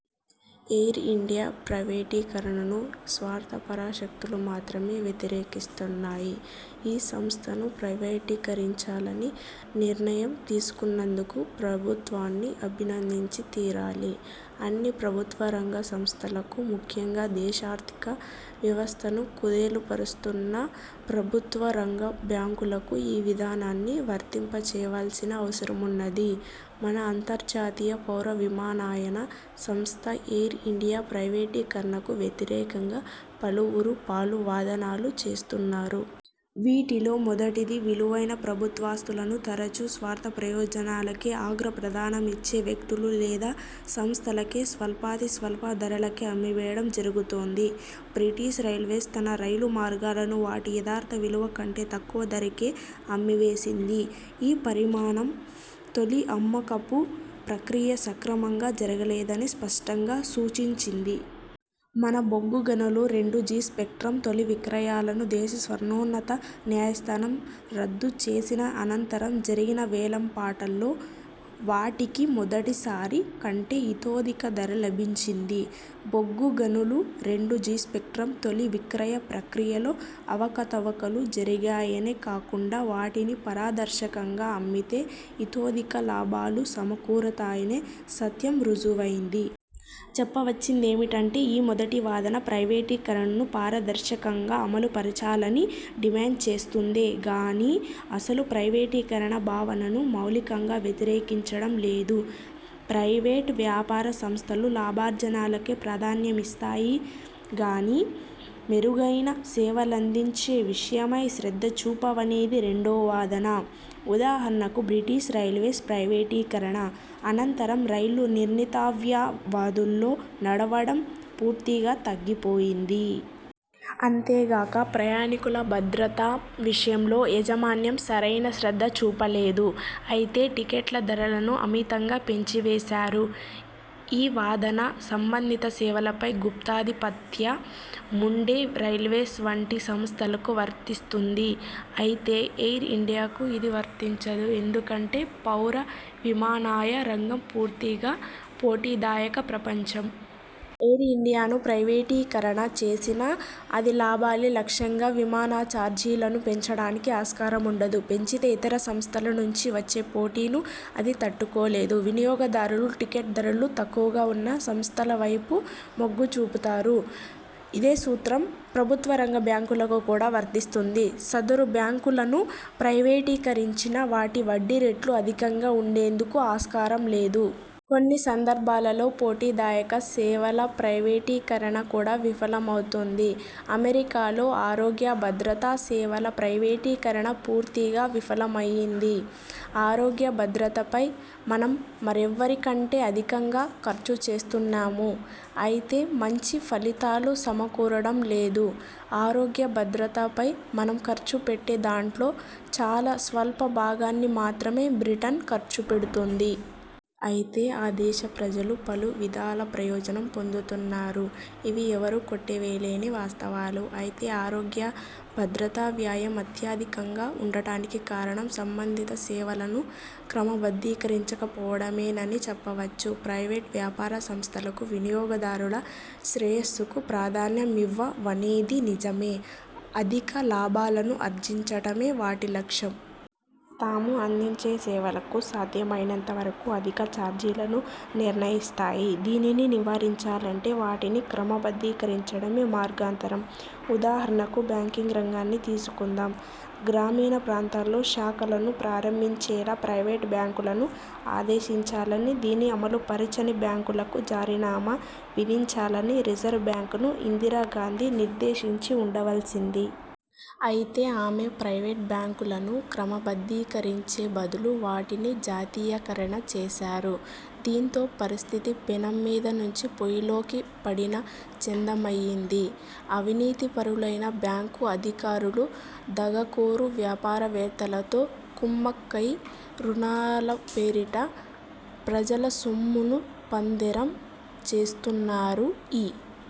Air India ప్రైవేటీకరణను స్వార్థపర శక్తులు మాత్రమే వ్యతిరేకిస్తున్నాయి. ఈ సంస్థను ప్రైవేటీకరించాలని నిర్ణయం తీసుకున్నందుకు ప్రభుత్వాన్ని అభినందించి తీరాలి. అన్ని ప్రభుత్వరంగ సంస్థలకు, ముఖ్యంగా దేశ ఆర్థిక వ్యవస్థను కుదేలుపరుస్తున్న ప్రభుత్వ రంగ బ్యాంకులకు ఈ విధానాన్ని వర్తింపచేయవలసిన అవసరమున్నది. మన అంతర్జాతీయ పౌర విమానయాన సంస్థ ఎయిర్ ఇండియా ప్రైవేటీకరణకు వ్యతిరేకంగా పలువురు పలు వాదనలు చేస్తున్నారు. వీటిలో మొదటిది– విలువైన ప్రభుత్వఆస్తులను తరచు, స్వార్థప్రయోజనాలకే అగ్ర ప్రాధాన్యమిచ్చే వ్యక్తులు లేదా సంస్థలకే స్వల్పాతి స్వల్ప ధరలకే అమ్మివేయడం జరుగుతోంది. బ్రిటిష్ రైల్వేస్ తన రైలు మార్గాలను వాటి యథార్థ విలువ కంటే తక్కువ ధరకే అమ్మివేసింది. ఈ పరిణామం, తొలి అమ్మకపు ప్రక్రియ సక్రమంగా జరగలేదని స్పష్టంగా సూచించింది. మన బొగ్గు గనులు, రెండు జీ స్పెక్ట్రమ్ తొలి విక్రయాలను దేశ సర్వోన్నత న్యాయస్థానం రద్దు చేసిన అనంతరం జరిగిన వేలం పాటల్లో వాటికి మొదటిసారి కంటే ఇతోధిక ధర లభించింది. బొగ్గు గనులు, రెండు జీ స్పెక్ట్రమ్ తొలి విక్రయ ప్రక్రియలో అవకతవకలు జరిగాయనే కాకుండా వాటిని పారదర్శకంగా అమ్మితే ఇతోధిక లాభాలు సమకూరుతాయనే సత్యం రుజువయింది. చెప్పవచ్చిందేమిటంటే ఈ మొదటి వాదన ప్రైవేటీకరణను పారదర్శకంగా అమలుపరచాలని డిమాండ్ చేస్తుందే గానీ అసలు ప్రైవేటీకరణ భావనను మౌలికంగా వ్యతిరేకించడం లేదు. ప్రైవేట్ వ్యాపార సంస్థలు లాభార్జనకే ప్రాధాన్యమిస్తాయిగానీ, మెరుగైన సేవలందించే విషయమై శ్రద్ధచూపవనేది రెండో వాదన. ఉదాహరణకు బ్రిటిష్ రైల్వేస్ ప్రైవేటీకరణ అనంతరం రైళ్ళు నిర్ణీతవ్యవధుల్లో నడవడం పూర్తిగా తగ్గిపోయింది. అంతేగాక ప్రయాణికుల భద్రత విషయంలో యాజమాన్యం సరైన శ్రద్ధ చూపలేదు. అయితే టిక్కెట్ల ధరలను అమితంగా పెంచివేశారు. ఈ వాదన, సంబంధిత సేవలపై గుత్తాధిపత్య ముండే రైల్వేస్ వంటి సంస్థలకు వర్తిస్తుంది. అయితే ఎయిర్ ఇండియాకు ఇది వర్తించదు. ఎందుకంటే పౌర విమానయాన రంగం పూర్తిగా పోటీదాయక ప్రపంచం. ఎయిర్ ఇండియాను ప్రైవేటీకరణ చేసినా అది లాభాలే లక్ష్యంగా విమానచార్జీలను పెంచడానికి ఆస్కారముండదు. పెంచితే ఇతరసంస్థల నుంచి వచ్చే పోటీని అది తట్టుకోలేదు. వినియోగదారులు టిక్కెట్ ధరలు తక్కువగా ఉన్న సంస్థల వైపు మొగ్గు చూపుతారు. ఇదే సూత్రం ప్రభుత్వరంగ బ్యాంకులకు కూడా వర్తిస్తుంది. సదరు బ్యాంకులను ప్రైవేటీకరించినా వాటి వడ్డీ రేట్లు అధికంగా ఉండేందుకు ఆస్కారం లేదు. కొన్ని సందర్భాలలో పోటీదాయక సేవల ప్రైవేటీకరణ కూడా విఫలమవుతుంది. అమెరికాలో ఆరోగ్యభద్రతా సేవల ప్రైవేటీకరణ పూర్తిగా విఫలమైంది. 'ఆరోగ్య భద్రతపై మనం మరెవ్వరికంటే అధికంగా ఖర్చు చేస్తున్నాము. అయితే మంచి ఫలితాలు సమకూరడం లేదు. ఆరోగ్యభద్రతపై మనం ఖర్చు పెట్టే దాంట్లో చాలా స్వల్ప భాగాన్ని మాత్రమే బ్రిటన్ ఖర్చు పెడుతోంది. అయితే ఆ దేశ ప్రజలు పలు విధాల ప్రయోజనం పొందుతున్నారు. ఇవి ఎవరూ కొట్టివేయలేని వాస్తవాలు. అయితే ఆరోగ్య భద్రతా వ్యయం అత్యధికంగా ఉండడానికి కారణం సంబంధిత సేవలను క్రమబద్ధీకరించక పోవడమేనని చెప్పవచ్చు. ప్రైవేట్ వ్యాపార సంస్థలు వినియోగదారుల శ్రేయస్సుకు ప్రాధాన్యమివ్వవనేది నిజమే. అధిక లాభాలను ఆర్జించడమే వాటి లక్ష్యం. తాము అందించే సేవలకు సాధ్యమైనంత వరకు అధిక చార్జీలను నిర్ణయిస్తాయి. దీనిని నివారించాలంటే వాటిని క్రమబద్ధీకరించడమే మార్గాంతరం. ఉదాహరణకు బ్యాంకింగ్ రంగాన్ని తీసుకుందాం. గ్రామీణ ప్రాంతాల్లో శాఖలను ప్రారంభించేలా ప్రైవేట్ బ్యాంకులను ఆదేశించాలని, దీన్ని అమలుపరచని బ్యాంకులకు జరిమానా విధించాలని రిజర్వ్ బ్యాంకును ఇందిరాగాంధీ నిర్దేశించి వుండవల్సింది. అయితే ఆమె ప్రైవేట్ బ్యాంకులను క్రమబద్ధీకరించే బదులు వాటిని జాతీయీకరణ చేశారు. దీంతో పరిస్థితి పెనం మీద నుంచి పొయ్యిలోకి పడిన చందమయింది. అవినీతిపరులైన బ్యాంకు అధికారులు, దగాకోరు వ్యాపారవేత్తలతో కుమ్మక్కై రుణాల పేరిట ప్రజల సొమ్మును పందేరం చేస్తున్నారు. ఈ